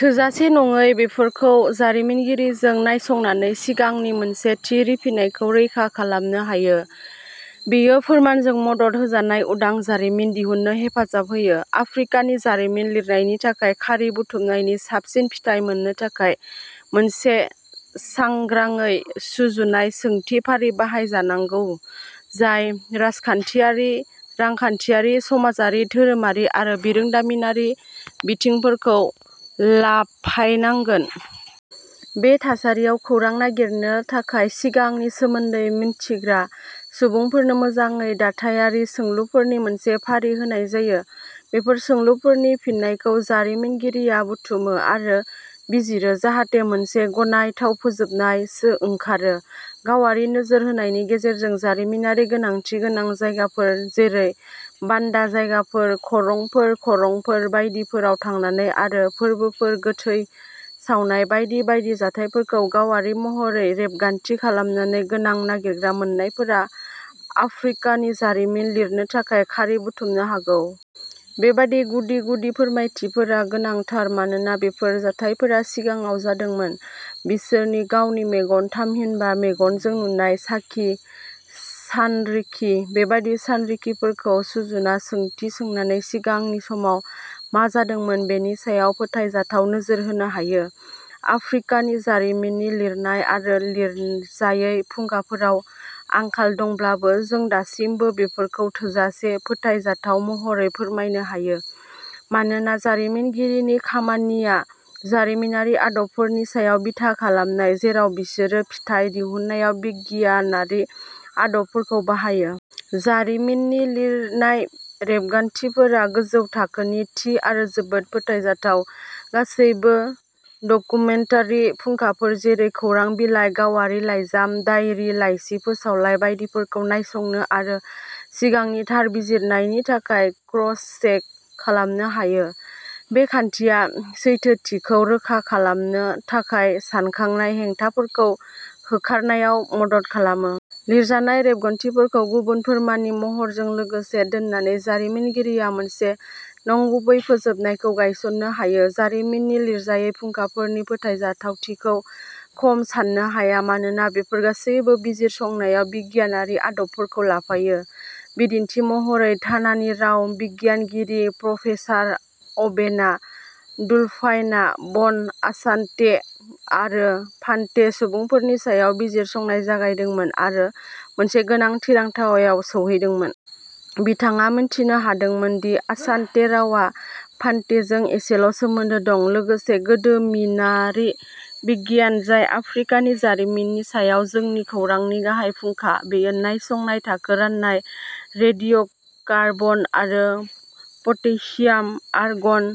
थोजासे नङै बेफोरखौ जारिमिनगिरिजों नायसंनानै सिगांनि मोनसे थि रिफिनायखौ रोखा खालामनो हायो। बेयो फोरमानजों मदद होजानाय उदां जारिमिन दिहुन्नो हेफाजाब होयो। आफ्रिकानि जारिमिन लिरनायनि थाखाय खारि बुथुमनायनि साबसिन फिथाय मोननो थाखाय मोनसे सांग्राङै सुजुनाय सोंथि फारि बाहायजानांगौ जाय राजखान्थियारि रांखान्थियारि समाजारि धोरोमारि आरो बिरोंदामिनारि बिथिंफोरखौ लाफायनांगोन। बे थासारियाव खौरां नागिरनो थाखाय सिगांनि सोमोन्दै मिन्थिग्रा सुबुंफोरनो मोजाङै दाथायारि सोंलुफोरनि मोनसे फारि होनाय जायो। बेफोर सोंलुफोरनि फिननायखौ जारिमिनगिरिया बुथुमो आरो बिजिरो जाहाथे मोनसे गनायथाव फोजोबनाय ओंखारो गावारि नोजोर होनायनि गेजेरजों जारिमिनारि गोनांथि गोनां जायगाफोर जेरै बान्दा जायगाफोर खरंफोर खरंफोर बायदिफोराव थांनानै आरो फोरबोफोर गोथै सावनाय बायदि बायदि जाथायफोरखौ गावारि महरै रेबगान्थि खालामनानै गोनां नागिरना मोन्नायफोरा आफ्रिकानि जारिमिन लिरनो थाखाय खारि बुथुमनो हागौ। बेबादि गुदि-गुदि फोरमायथिफोरा गोनांथार मानोना बेफोर जाथायफोरा सिगाङाव जादोंमोन। बिसोरनि गावनि मेगन थामहिनबा मेगनजों नुनाय साखि सानरिखि। बेबादि सानरिखिफोरखौ रुजुना सोंथि सोंनानै सिगांनि समाव मा जादोंमोन बेनि सायाव फोथायजाथाव नोजोर होनो हायो। आफ्रिकानि जारिमिननि लिरनाय आरो लिरजायै फुंखाफोराव आंखाल दंब्लाबो जों दासिमबो बेफोरखौ थोजासे फोथायजाथाव महरै फोरमायनो हायो मानोना जारिमिनगिरिनि खामानिया जारिमिनारि आदबफोरनि सायाव बिथा खालामनाय जेराव बिसोरो फिथाइ दिहुननायाव बिगियानारि आदबफोरखौ बाहायो। जारिमिननि लिरनाय रेबगान्थिफोरा गोजौ थाखोनि थि आरो जोबोद फोथायजाथाव। गासैबो डकुमेन्टारि फुंखाफोर जेरै खौरां बिलाइ गावारि लाइजाम दाइरि लाइसि फोसावलाइ बायदिफोरखौ नायसंनो आरो सिगांनि थार बिजिरनायनि थाखाय क्रस चेक खालामनो हायो। बे खान्थिया सैथोथिखौ रोखा खालामनो थाखाय सानख'नाय, हेंथाफोरखौ होखारनायाव मदद खालामो। लिरजानाय रेबगान्थिफोरखौ गुबुन फोरमाननि महरफोरजों लोगोसे दोननानै जारिमिनगिरिया मोनसे नंगुबै फोजोबनायखौ गायसननो हायो। जारिमिननि लिरजायै फुंखाफोरनि फोथायजाथावथिखौ खम सान्नो हाया मानोना बेफोर गासैबो बिजिरसंनायाव बिगियानारि आदबफोरखौ लाफायो। बिदिन्थि महरै घानानि राव बिगियानगिरि प्रफेसार अबेना डल्फाइनआ बन आसान्ते आरो फान्ते सुबुंफोरनि सायाव बिजिरसंनाय जागायदोंमोन आरो मोनसे गोनां थिरांथायाव सौहैदोंमोन। बिथाङा मिथिनो हादोंमोन दि आसान्ते रावआ फान्तेजों एसेल सोमोन्दो दं। लोगोसे गोदोमिनारि बिगियान जाय आफ्रिकानि जारिमिननि सायाव जोंनि खौरांनि गाहाय फुंखा बेयो नायसंनाय थाखो राननाय रेडिय'कार्बन आरो पटेसियाम आर्गन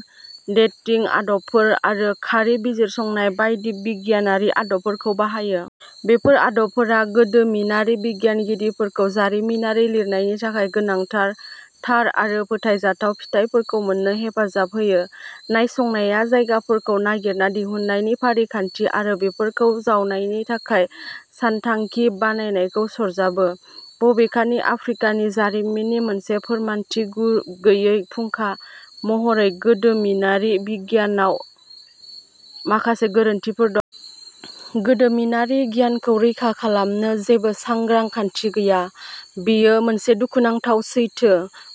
डेटिं आदबफोर आरो खारि बिजिरसंनाय बायदि बिगियानारि आदबफोरखौ बाहायो। बेफोर आदबफोरा गोदोमिनारि बिगियानगिरिफोरखौ जारिमिनारि लिरनायनि थाखाय गोनांथार थार आरो फोथायजाथाव फिथाइफोरखौ मोननो हेफाजाब होयो। नायसंनाया जायगाफोरखौ नागिरना दिहुननायनि फारिखान्थि आरो बेफोरखौ जावनायनि थाखाय सानथांखि बानायनायखौ सरजाबो। बबेखानि आफ्रिकानि जारिमिननि मोनसे फोरमानथि गैयै फुंखा महरै गोदोमिनारि बिगियानाव माखासे गोरोन्थिफोर दं। गोदोमिनारि गियानखौ रैखा खालामनो जेबो सांग्रां खान्थि गैया बेयो मोनसे दुखुनांथाव सैथो।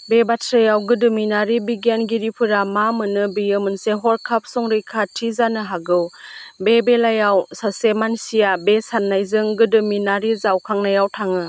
बे बाथ्रायाव गोदोमिनारि बिगियानगिरिफोरा मा मोनो बेयो मोनसे हरखाब संरैखाथि जानो हागौ। बे बेलायाव सासे मानसिया बे साननायजों गोदोमिनारि जावखांनायाव थाङो।